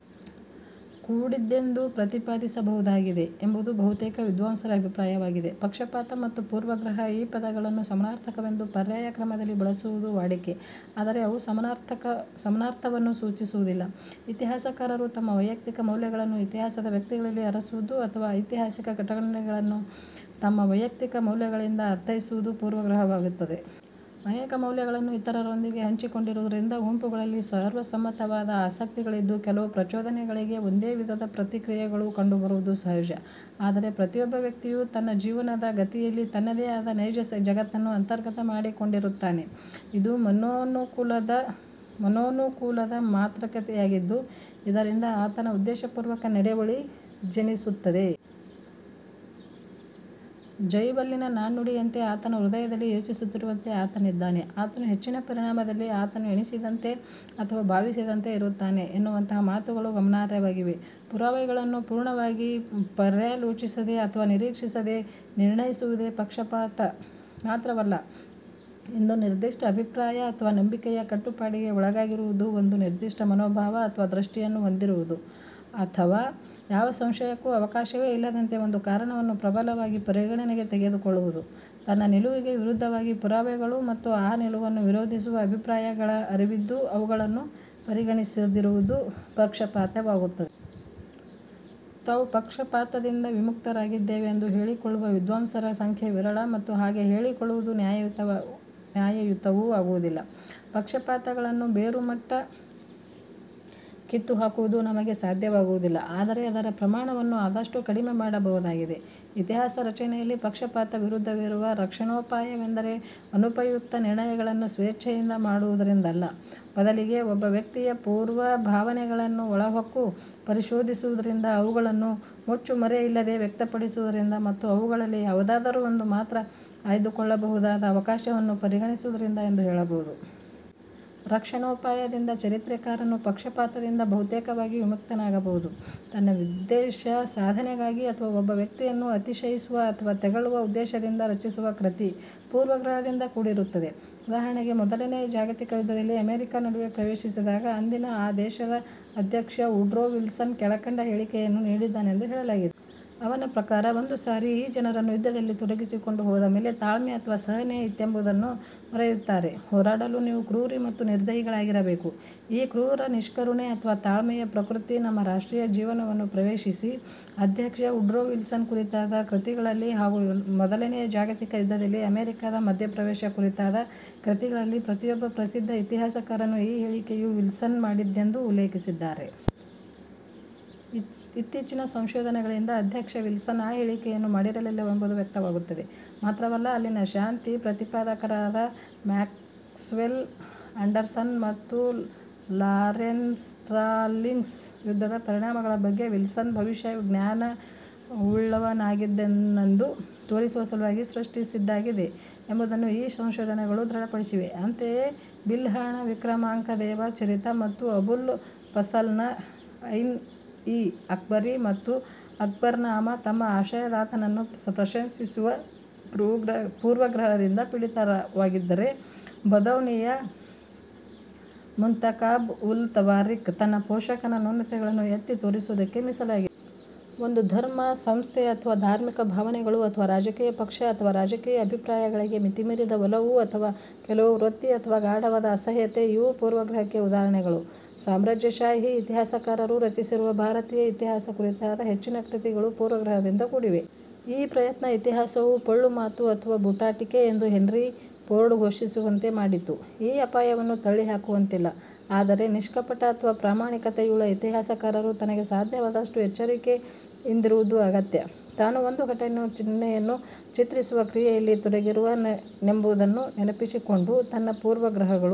ಕೂಡಿದ್ದೆಂದು ಪ್ರತಿಪಾದಿಸಬಹುದಾಗಿದೆ ಎಂಬುದು ಬಹುತೇಕ ವಿದ್ವಾಂಸರ ಅಭಿಪ್ರಾಯವಾಗಿದೆ. "ಪಕ್ಷಪಾತ" ಮತ್ತು "ಪೂರ್ವಗ್ರಹ" ಈ ಪದಗಳನ್ನು ಸಮಾನಾರ್ಥಕವೆಂದು ಪರ್ಯಾಯ ಕ್ರಮದಲ್ಲಿ ಬಳಸುವುದು ವಾಡಿಕೆ. ಆದರೆ ಅವು ಸಮಾನಾರ್ಥವನ್ನು ಸೂಚಿಸುವುದಿಲ್ಲ. ಇತಿಹಾಸಕಾರರು ತಮ್ಮ ವೈಯಕ್ತಿಕ ಮೌಲ್ಯಗಳನ್ನು ಇತಿಹಾಸದ ವ್ಯಕ್ತಿಗಳಲ್ಲಿ ಅರಸುವುದು ಅಥವಾ ಐತಿಹಾಸಿಕ ಘಟನೆಗಳನ್ನು ತಮ್ಮ ವೈಯಕ್ತಿಕ ಮೌಲ್ಯಗಳಿಂದ ಅರ್ಥೈಸುವುದು ಪೂರ್ವಗ್ರಹವಾಗುತ್ತದೆ. ಅನೇಕ ಮೌಲ್ಯಗಳನ್ನು ಇತರರೊಂದಿಗೆ ಹಂಚಿಕೊಂಡಿರುವುದರಿಂದ, ಗುಂಪುಗಳಲ್ಲಿ ಸರ್ವಸಮ್ಮತವಾದ ಆಸಕ್ತಿಗಳಿದ್ದು ಕೆಲವು ಪ್ರಚೋದನೆಗಳಿಗೆ ಒಂದೇ ವಿಧದ ಪ್ರತಿಕ್ರಿಯೆಗಳು ಕಂಡುಬರುವುದು ಸಹಜ. ಆದರೆ ಪ್ರತಿಯೊಬ್ಬ ವ್ಯಕ್ತಿಯೂ ತನ್ನ ಜೀವನದ ಗತಿಯಲ್ಲಿ ತನ್ನದೇ ಆದ ನೈಜ ಜಗತ್ತನ್ನು ಅಂತರ್ಗತ ಮಾಡಿಕೊಂಡಿರುತ್ತಾನೆ. ಇದು ಮನೋನುಕೂಲದ ಮಾತೃಕೆಯಾಗಿದ್ದು ಇದರಿಂದ ಆತನ ಉದ್ದೇಶಪೂರ್ವಕ ನಡೆವಳಿ ಜನಿಸುತ್ತದೆ. ಬೈಬಲ್ಲಿನ ನಾಣ್ಣುಡಿಯಂತೆ, "ಆತನ ಹೃದಯಲ್ಲಿ ಯೋಚಿಸುತ್ತಿರುವಂತೆ ಆತನಿದ್ದಾನೆ". "ಆತನು ಹೆಚ್ಚಿನ ಪರಿಣಾಮದಲ್ಲಿ ಆತನು ಎಣಿಸಿದಂತೆ ಅಥವಾ ಭಾವಿಸಿದಂತೆ ಇರುತ್ತಾನೆ" ಎನ್ನುವಂತಹ ಮಾತುಗಳು ಗಮನಾರ್ಹವಾಗಿವೆ. ಪುರಾವೆಗಳನ್ನು ಪೂರ್ಣವಾಗಿ ಪರ್ಯಾಲೋಚಿಸದೆ ಅಥವಾ ಪರೀಕ್ಷಿಸದೆ ನಿರ್ಣಯಿಸುವುದೇ ಪಕ್ಷಪಾತ. ಮಾತ್ರವಲ್ಲ, ಇಂದು ನಿರ್ದಿಷ್ಟ ಅಭಿಪ್ರಾಯ ಅಥವಾ ನಂಬಿಕೆಯ ಕಟ್ಟುಪಾಡಿಗೆ ಒಳಗಾಗಿರುವುದು, ಒಂದು ನಿರ್ದಿಷ್ಟ ಮನೋಭಾವ ಅಥವಾ ದೃಷ್ಟಿಯನ್ನು ಹೊಂದಿರುವುದು ಅಥವಾ ಯಾವ ಸಂಶಯಕ್ಕೂ ಅವಕಾಶವೇ ಇಲ್ಲದಂತೆ ಒಂದು ಕಾರಣವನ್ನು ಪ್ರಬಲವಾಗಿ ಪರಿಗಣನೆಗೆ ತೆಗೆದುಕೊಳ್ಳುವುದು, ತನ್ನ ನಿಲುವಿಗೆ ವಿರುದ್ಧವಾದ ಪುರಾವೆಗಳು ಮತ್ತು ಆ ನಿಲುವನ್ನು ವಿರೋಧಿಸುವ ಅಭಿಪ್ರಾಯಗಳ ಅರಿವಿದ್ದೂ ಅವುಗಳನ್ನು ಪರಿಗಣಿಸದಿರುವುದು ಪಕ್ಷಪಾತವಾಗುತ್ತದೆ. ತಾವು ಪಕ್ಷಪಾತದಿಂದ ವಿಮುಕ್ತವಾಗಿದ್ದೇವೆಂದು ಹೇಳಿಕೊಳ್ಳುವ ವಿದ್ವಾಂಸರ ಸಂಖ್ಯೆ ವಿರಳ ಮತ್ತು ಹಾಗೆ ಹೇಳಿಕೊಳ್ಳುವುದು ನ್ಯಾಯಯುತವೂ ಆಗುವುದಿಲ್ಲ. ಪಕ್ಷಪಾತಗಳನ್ನು ಬೇರುಮಟ್ಟ ಕಿತ್ತುಹಾಕುವುದು ನಮಗೆ ಸಾಧ್ಯವಾಗುವುದಿಲ್ಲ. ಆದರೆ ಅದರ ಪ್ರಮಾಣವನ್ನು ಆದಷ್ಟು ಕಡಿಮೆ ಮಾಡಬಹುದಾಗಿದೆ. ಇತಿಹಾಸ ರಚನೆಯಲ್ಲಿ ಪಕ್ಷಪಾತ ವಿರುದ್ಧವಿರುವ ರಕ್ಷಣೋಪಾಯವೆಂದರೆ ಅನುಪಯುಕ್ತ ನಿರ್ಣಯಗಳನ್ನು ಸ್ವೇಚ್ಛೆಯಿಂದ ಮಾಡುವುದರಿಂದಲ್ಲ. ಬದಲಿಗೆ ಒಬ್ಬ ವ್ಯಕ್ತಿಯ ಪೂರ್ವಭಾವನೆಗಳನ್ನು ಒಳಹೊಕ್ಕು ಪರಿಶೋಧಿಸುವುದರಿಂದ, ಅವುಗಳನ್ನು ಮುಚ್ಚುಮರೆಯಿಲ್ಲದೆ ವ್ಯಕ್ತಪಡಿಸುವುದರಿಂದ ಮತ್ತು ಅವುಗಳಲ್ಲಿ ಯಾವುದಾದರೂ ಒಂದು ಮಾತ್ರ ಆಯ್ದುಕೊಳ್ಳಬಹುದಾದ ಅವಕಾಶವನ್ನು ಪರಿಗಣಿಸುವುದರಿಂದ ಎಂದು ಹೇಳಬಹುದು. ಈ ರಕ್ಷಣೋಪಾಯದಿಂದ ಚರಿತ್ರೆಕಾರನು ಪಕ್ಷಪಾತದಿಂದ ಬಹುತೇಕವಾಗಿ ವಿಮುಕ್ತನಾಗಬಹುದು. ತನ್ನ ಉದ್ದೇಶ ಸಾಧನೆಗಾಗಿ ಅಥವಾ ಒಬ್ಬ ವ್ಯಕ್ತಿಯನ್ನು ಅತಿಶಯಿಸುವ ಅಥವಾ ತೆಗಳುವ ಉದ್ದೇಶದಿಂದ ರಚಿಸುವ ಕೃತಿ ಪೂರ್ವಗ್ರಹದಿಂದ ಕೂಡಿರುತ್ತದೆ. ಉದಾಹರಣೆಗೆ, ಮೊದಲನೆಯ ಜಾಗತಿಕ ಯುದ್ಧದಲ್ಲಿ ಅಮೆರಿಕಾ ನಡುವೆ ಪ್ರವೇಶಿಸಿದಾಗ ಅಂದಿನ ಆ ದೇಶದ ಅಧ್ಯಕ್ಷ ವುಡ್ರೋ ವಿಲ್ಸನ್ ಕೆಳಕಂಡ ಹೇಳಿಕೆಯನ್ನು ನೀಡಿದ್ದಾನೆಂದು ಹೇಳಲಾಗಿದೆ. ಅವನ ಪ್ರಕಾರ, ಒಂದು ಸಾರಿ ಈ ಜನರನ್ನು ಯುದ್ಧದಲ್ಲಿ ತೊಡಗಿಸಿಕೊಂಡು ಹೋದ ಮೇಲೆ ತಾಳ್ಮೆ ಅಥವಾ ಸಹನೆ ಇತ್ತೆಂಬುದನ್ನು ಮರೆಯುತ್ತಾರೆ. ಹೋರಾಡಲು ನೀವು ಕ್ರೂರಿ ಮತ್ತು ನಿರ್ದಯಿಗಳಾಗಿರಬೇಕು. ಈ ಕ್ರೂರ ನಿಷ್ಕರುಣೆ ಅಥವಾ ತಾಳ್ಮೆಯ ಪ್ರಕೃತಿ ನಮ್ಮ ರಾಷ್ಟ್ರೀಯ ಜೀವನವನ್ನು ಪ್ರವೇಶಿಸಿ, ಅಧ್ಯಕ್ಷ ವುಡ್ರೋವಿಲ್ಸನ್ ಕುರಿತಾದ ಕೃತಿಗಳಲ್ಲಿ ಹಾಗೂ ಮೊದಲನೆಯ ಜಾಗತಿಕ ಯುದ್ಧದಲ್ಲಿ ಅಮೆರಿಕಾದ ಮಧ್ಯಪ್ರವೇಶ ಕುರಿತಾದ ಕೃತಿಗಳಲ್ಲಿ ಪ್ರತಿಯೊಬ್ಬ ಪ್ರಸಿದ್ಧ ಇತಿಹಾಸಕಾರನು ಈ ಹೇಳಿಕೆಯು ವಿಲ್ಸನ್ ಮಾಡಿದ್ದೆಂದು ಉಲ್ಲೇಖಿಸಿದ್ದಾರೆ. ಇತ್ತೀಚಿನ ಸಂಶೋಧನೆಗಳಿಂದ ಅಧ್ಯಕ್ಷ ವಿಲ್ಸನ್ ಆ ಹೇಳಿಕೆಯನ್ನು ಮಾಡಿರಲಿಲ್ಲವೆಂಬುದು ವ್ಯಕ್ತವಾಗುತ್ತದೆ. ಮಾತ್ರವಲ್ಲ, ಅಲ್ಲಿನ ಶಾಂತಿ ಪ್ರತಿಪಾದಕರಾದ ಮ್ಯಾಕ್ಸ್ವೆಲ್ ಆಂಡರ್ಸನ್ ಮತ್ತು ಲಾರೆನ್ಸ್ಸ್ಟಾಲಿಂಗ್ಸ್ ಯುದ್ಧದ ಪರಿಣಾಮಗಳ ಬಗ್ಗೆ ವಿಲ್ಸನ್ ಭವಿಷ್ಯ ಜ್ಞಾನವುಳ್ಳವನಾಗಿದ್ದನೆಂದು ತೋರಿಸುವ ಸಲುವಾಗಿ ಸೃಷ್ಟಿಸಿದ್ದಾಗಿದೆ ಎಂಬುದನ್ನು ಈ ಸಂಶೋಧನೆಗಳು ದೃಢಪಡಿಸಿವೆ. ಅಂತೆಯೇ, ಬಿಲ್ಹಣನ ವಿಕ್ರಮಾಂಕದೇವ ಚರಿತ ಮತ್ತು ಅಬುಲ್ ಫಸಲ್ನ ಐನ್ಇ-ಅಕ್ಬರಿ ಮತ್ತು ಅಕ್ಬರ್ನಾಮ ತಮ್ಮ ಆಶ್ರಯದಾತನನ್ನು ಪ್ರಶಂಶಿಸುವ ಪೂರ್ವಗ್ರಹದಿಂದ ಪೀಡಿತವಾಗಿದ್ದರೆ ಬದೌನಿಯ ಮುಂತಕಾಬ್-ವುಲ್-ತವಾರಿಕ್ ತನ್ನ ಪೋಷಕನ ನ್ಯೂನತೆಗಳನ್ನು ಎತ್ತಿ ತೋರಿಸುವುದಕ್ಕೆ ಮೀಸಲಾಗಿದೆ. ಒಂದು ಧರ್ಮ ಸಂಸ್ಥೆ ಅಥವಾ ಧಾರ್ಮಿಕ ಭಾವನೆಗಳು, ಅಥವಾ ರಾಜಕೀಯ ಪಕ್ಷ ಅಥವಾ ರಾಜಕೀಯ ಅಭಿಪ್ರಾಯಗಳಿಗೆ ಮಿತಿಮೀರಿದ ಒಲವು, ಅಥವಾ ಕೆಲವು ವೃತ್ತಿ ಅಥವಾ ಗಾಢವಾದ ಅಸಹ್ಯತೆ ಇವೂ ಪೂರ್ವಗ್ರಹಕ್ಕೆ ಉದಾಹರಣೆಗಳು. ಸಾಮ್ರಾಜ್ಯಶಾಹಿ ಇತಿಹಾಸಕಾರರು ರಚಿಸಿರುವ ಭಾರತೀಯ ಇತಿಹಾಸ ಕುರಿತಾದ ಹೆಚ್ಚಿನ ಕೃತಿಗಳು ಪೂರ್ವಗ್ರಹದಿಂದ ಕೂಡಿವೆ. ಈ ಪ್ರಯತ್ನ "ಇತಿಹಾಸವು ಪೊಳ್ಳು ಮಾತು ಅಥವಾ ಬೂಟಾಟಿಕೆ" ಎಂದು ಹೆನ್ರಿ ಪೋರ್ಡ್ ಘೋಷಿಸುವಂತೆ ಮಾಡಿತು. ಈ ಅಪಾಯವನ್ನು ತಳ್ಳಿಹಾಕುವಂತಿಲ್ಲ. ಆದರೆ ನಿಷ್ಕಪಟ ಅಥವಾ ಪ್ರಾಮಾಣಿಕತೆಯುಳ್ಳ ಇತಿಹಾಸಕಾರರು ತನಗೆ ಸಾಧ್ಯವಾದಷ್ಟು ಎಚ್ಚರಿಕೆ ಯಿಂದಿರುವುದು ಅಗತ್ಯ. ತಾನು ಒಂದು ಘಟನೆಯನ್ನು ಚಿತ್ರಿಸುವ ಕ್ರಿಯೆಯಲ್ಲಿ ತೊಡಗಿರುವ ನೆಂಬುದನ್ನು ನೆನಪಿಸಿಕೊಂಡು ತನ್ನ ಪೂರ್ವಗ್ರಹಗಳು